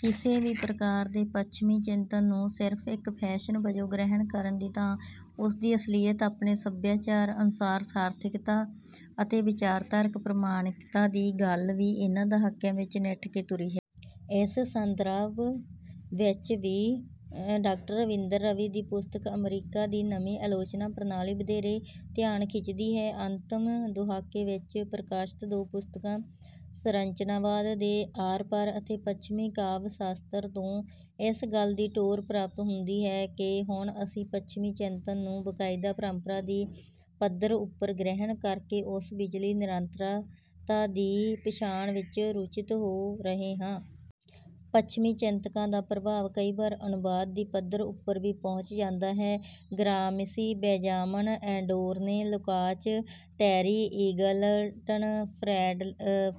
ਕਿਸੇ ਵੀ ਪ੍ਰਕਾਰ ਦੇ ਪੱਛਮੀ ਚਿੰਤਨ ਨੂੰ ਸਿਰਫ ਇੱਕ ਫੈਸਨ ਵਜੋਂ ਗ੍ਰਹਿਣ ਕਰਨ ਦੀ ਥਾਂ ਉਸਦੀ ਅਸਲੀਅਤ ਆਪਣੇ ਸਭਿਆਚਾਰ ਅਨੁਸਾਰ ਸਾਰਥਕਤਾ ਅਤੇ ਵਿਚਾਰਧਾਰਕ ਪ੍ਰਮਾਣਕਤਾ ਦੀ ਗੱਲ ਵੀ ਇਨ੍ਹਾਂ ਦਹਾਕਿਆਂ ਵਿੱਚ ਨਿੱਠ ਕੇ ਤੁਰੀ ਹੈ। ਇਸ ਸੰਦਰਭ ਵਿੱਚ ਵੀ ਡਾਕਟਰ ਰਵਿੰਦਰ ਰਵੀ ਦੀ ਪੁਸਤਕ ਅਮਰੀਕਾ ਦੀ ਨਵੀਂ ਆਲੋਚਨਾ ਪ੍ਰਣਾਲੀ ਵਧੇਰੇ ਧਿਆਨ ਖਿੱਚਦੀ ਹੈ। ਅੰਤਿਮ ਦਹਾਕੇ ਵਿੱਚ ਪ੍ਰਕਾਸ਼ਿਤ ਦੋ ਪੁਸਤਕਾਂ ਸੰਰਚਨਾਵਾਦ ਦੇ ਆਰ ਪਾਰ ਅਤੇ ਪੱਛਮੀ ਕਾਵਿ ਸ਼ਾਸਤਰ ਤੋਂ ਇਸ ਗੱਲ ਦੀ ਟੋਰ ਪ੍ਰਾਪਤ ਹੁੰਦੀ ਹੈ ਕਿ ਹੁਣ ਅਸੀਂ ਪੱਛਮੀ ਚਿੰਤਨ ਨੂੰ ਬਕਾਇਦਾ ਪਰੰਪਰਾ ਦੀ ਪੱਧਰ ਉੱਪਰ ਗ੍ਰਹਿਣ ਕਰਕੇ ਉਸ ਵਿੱਚਲੀ ਨਿਰੰਤਰਤਾ ਦੀ ਪਛਾਣ ਵਿੱਚ ਰੁਚਿਤ ਹੋ ਰਹੇ ਹਾਂ। ਪੱਛਮੀ ਚਿੰਤਕਾਂ ਦਾ ਪ੍ਰਭਾਵ ਕਈ ਵਾਰ ਅਨੁਵਾਦ ਦੀ ਪੱਧਰ ਉੱਪਰ ਵੀ ਪਹੁੰਚ ਜਾਂਦਾ ਹੈ। Gramsci Benjamin Adorno Lukacs Terry Eagleton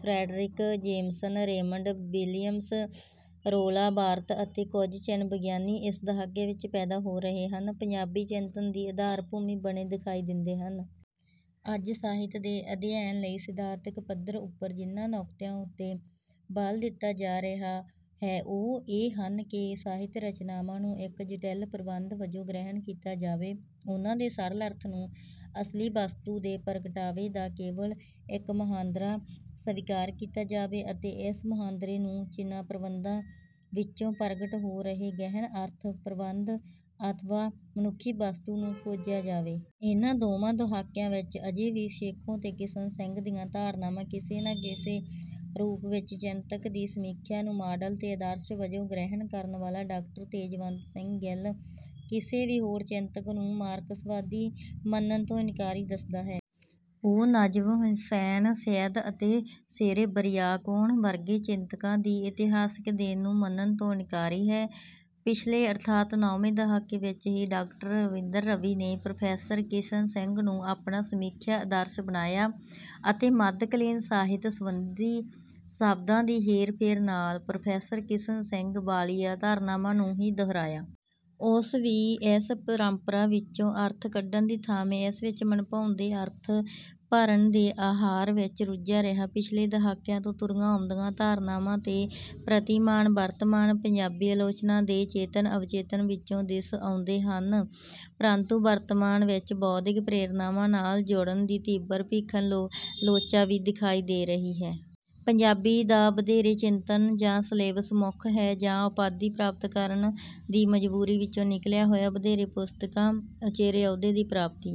Fredric Jameson Raymond Williams Roland Barthes ਅਤੇ ਕੁਝ ਚਿੰਨ੍ਹ ਵਿਗਿਆਨੀ ਇਸ ਦਹਾਕੇ ਵਿੱਚ ਪੈਦਾ ਹੋ ਰਹੇ ਪੰਜਾਬੀ ਚਿੰਤਨ ਦੀ ਆਧਾਰ ਭੂਮੀ ਬਣੇ ਦਿਖਾਈ ਦਿੰਦੇ ਹਨ। ਅੱਜ ਸਾਹਿਤ ਦੇ ਅਧਿਐਨ ਲਈ ਸਿਧਾਂਤਕ ਪੱਧਰ ਉੱਪਰ ਜਿਨ੍ਹਾਂ ਨੁਕਤਿਆਂ ਉੱਤੇ ਬਲ ਦਿੱਤਾ ਜਾ ਰਿਹਾ ਹੈ ਉਹ ਇਹ ਹਨ ਕਿ ਸਾਹਿਤ ਰਚਨਾਵਾਂ ਨੂੰ ਇੱਕ ਜਟਿਲ ਪ੍ਰਬੰਧ ਵਜੋਂ ਗ੍ਰਹਿਣ ਕੀਤਾ ਜਾਵੇ ਉਨ੍ਹਾਂ ਦੇ ਸਰਲ ਅਰਥ ਨੂੰ ਅਸਲੀ ਵਸਤੂ ਦੇ ਪ੍ਰਗਟਾਵੇ ਦਾ ਕੇਵਲ ਇੱਕ ਮੁਹਾਂਦਰਾ ਸਵੀਕਾਰ ਕੀਤਾ ਜਾਵੇ ਅਤੇ ਇਸ ਮੁਹਾਂਦਰੇ ਨੂੰ ਚਿੰਨ੍ਹਾਂ ਪ੍ਰਬੰਧ ਵਿੱਚੋਂ ਪ੍ਰਗਟ ਹੋ ਰਹੇ ਗਹਿਨ ਅਰਥ ਪ੍ਰਬੰਧ ਅਥਵਾ ਮਨੁੱਖੀ ਵਸਤੂ ਨੂੰ ਖੋਜਿਆ ਜਾਵੇ। ਇਨ੍ਹਾਂ ਦੋਵਾਂ ਦਹਾਕਿਆਂ ਵਿੱਚ ਅਜੇ ਵੀ ਸੇਖੋਂ ਤੇ ਕਿਸ਼ਨ ਸਿੰਘ ਦੀਆਂ ਧਾਰਨਾਵਾਂ ਕਿਸੇ ਨਾ ਕਿਸੇ ਰੂਪ ਵਿੱਚ ਚਿੰਤਕ ਦੀ ਸਮੀਖਿਆ ਨੂੰ ਮਾਡਲ ਤੇ ਆਦਰਸ਼ ਵਜੋਂ ਗ੍ਰਹਿਣ ਕਰਨ ਵਾਲਾ ਡਾਕਟਰ ਤੇਜਵੰਤ ਸਿੰਘ ਗਿੱਲ ਕਿਸੇ ਵੀ ਹੋਰ ਚਿੰਤਕ ਨੂੰ ਮਾਰਕਸਵਾਦੀ ਮੰਨਣ ਤੋਂ ਇਨਕਾਰੀ ਦਿੱਸਦਾ ਹੈ। ਉਹ ਨਜ਼ਮ ਹੁਸੈਨ ਸੱਯਦ ਅਤੇ ਸੇਰੇਬਰੀਆਕੋਣ ਵਰਗੇ ਚਿੰਤਕਾਂ ਦੀ ਇਤਿਹਾਸਕ ਦੇਣ ਨੂੰ ਮੰਨਣ ਤੋਂ ਇਨਕਾਰੀ ਹੈ। ਪਿਛਲੇ ਅਰਥਾਤ ਨੌਵੇਂ ਦਹਾਕੇ ਵਿੱਚ ਹੀ ਡਾਕਟਰ ਰਵਿੰਦਰ ਰਵੀ ਨੇ ਪ੍ਰੋਫੈਸਰ ਕਿਸ਼ਨ ਸਿੰਘ ਨੂੰ ਆਪਣਾ ਸਮੀਖਿਆ ਆਦਰਸ਼ ਬਣਾਇਆ ਅਤੇ ਮੱਧਕਾਲੀਨ ਸਾਹਿਤ ਸੰਬੰਧੀ ਸ਼ਬਦਾਂ ਦੀ ਹੇਰ ਫੇਰ ਨਾਲ ਪ੍ਰੋਫੈਸਰ ਕਿਸ਼ਨ ਸਿੰਘ ਵਾਲੀਆਂ ਧਾਰਨਾਵਾਂ ਨੂੰ ਹੀ ਦੁਹਰਾਇਆ। ਉਸ ਵੀ ਇਸ ਪਰੰਪਰਾ ਵਿੱਚੋਂ ਅਰਥ ਕੱਢਣ ਦੀ ਥਾਵੇਂ ਇਸ ਵਿੱਚ ਮਨਭਾਉਂਦੇ ਅਰਥ ਭਰਣ ਦੇ ਆਹਾਰ ਵਿੱਚ ਰੁੱਝਿਆ ਰਿਹਾ। ਪਿਛਲੇ ਦਹਾਕਿਆਂ ਤੋਂ ਤੁਰੀਆਂ ਆਉਂਦੀਆਂ ਧਾਰਨਾਵਾਂ ਤੇ ਪ੍ਰਤੀਮਾਨ ਵਰਤਮਾਨ ਪੰਜਾਬੀ ਆਲੋਚਨਾ ਦੇ ਚੇਤਨ ਅਵਚੇਤਨ ਵਿੱਚੋਂ ਦਿੱਸ ਆਉਂਦੇ ਹਨ ਪਰੰਤੂ ਵਰਤਮਾਨ ਵਿੱਚ ਬੌਧਿਕ ਪ੍ਰੇਰਨਾਵਾਂ ਨਾਲ ਜੁੜਨ ਦੀ ਤੀਬਰ ਭੀਖਣ ਲੋਚਾ ਵੀ ਦਿਖਾਈ ਦੇ ਰਹੀ ਹੈ। ਪੰਜਾਬੀ ਦਾ ਵਧੇਰੇ ਚਿੰਤਨ ਜਾਂ ਸਲੇਬਸ ਮੁੱਖ ਹੈ ਜਾਂ ਉਪਾਧੀ ਪ੍ਰਾਪਤ ਕਰਨ ਦੀ ਮਜ਼ਬੂਰੀ ਵਿੱਚੋਂ ਨਿਕਲਿਆ ਹੋਇਆ। ਵਧੇਰੇ ਪੁਸਤਕਾਂ ਉਚੇਰੇ ਅਹੁਦੇ ਦੀ ਪ੍ਰਾਪਤੀ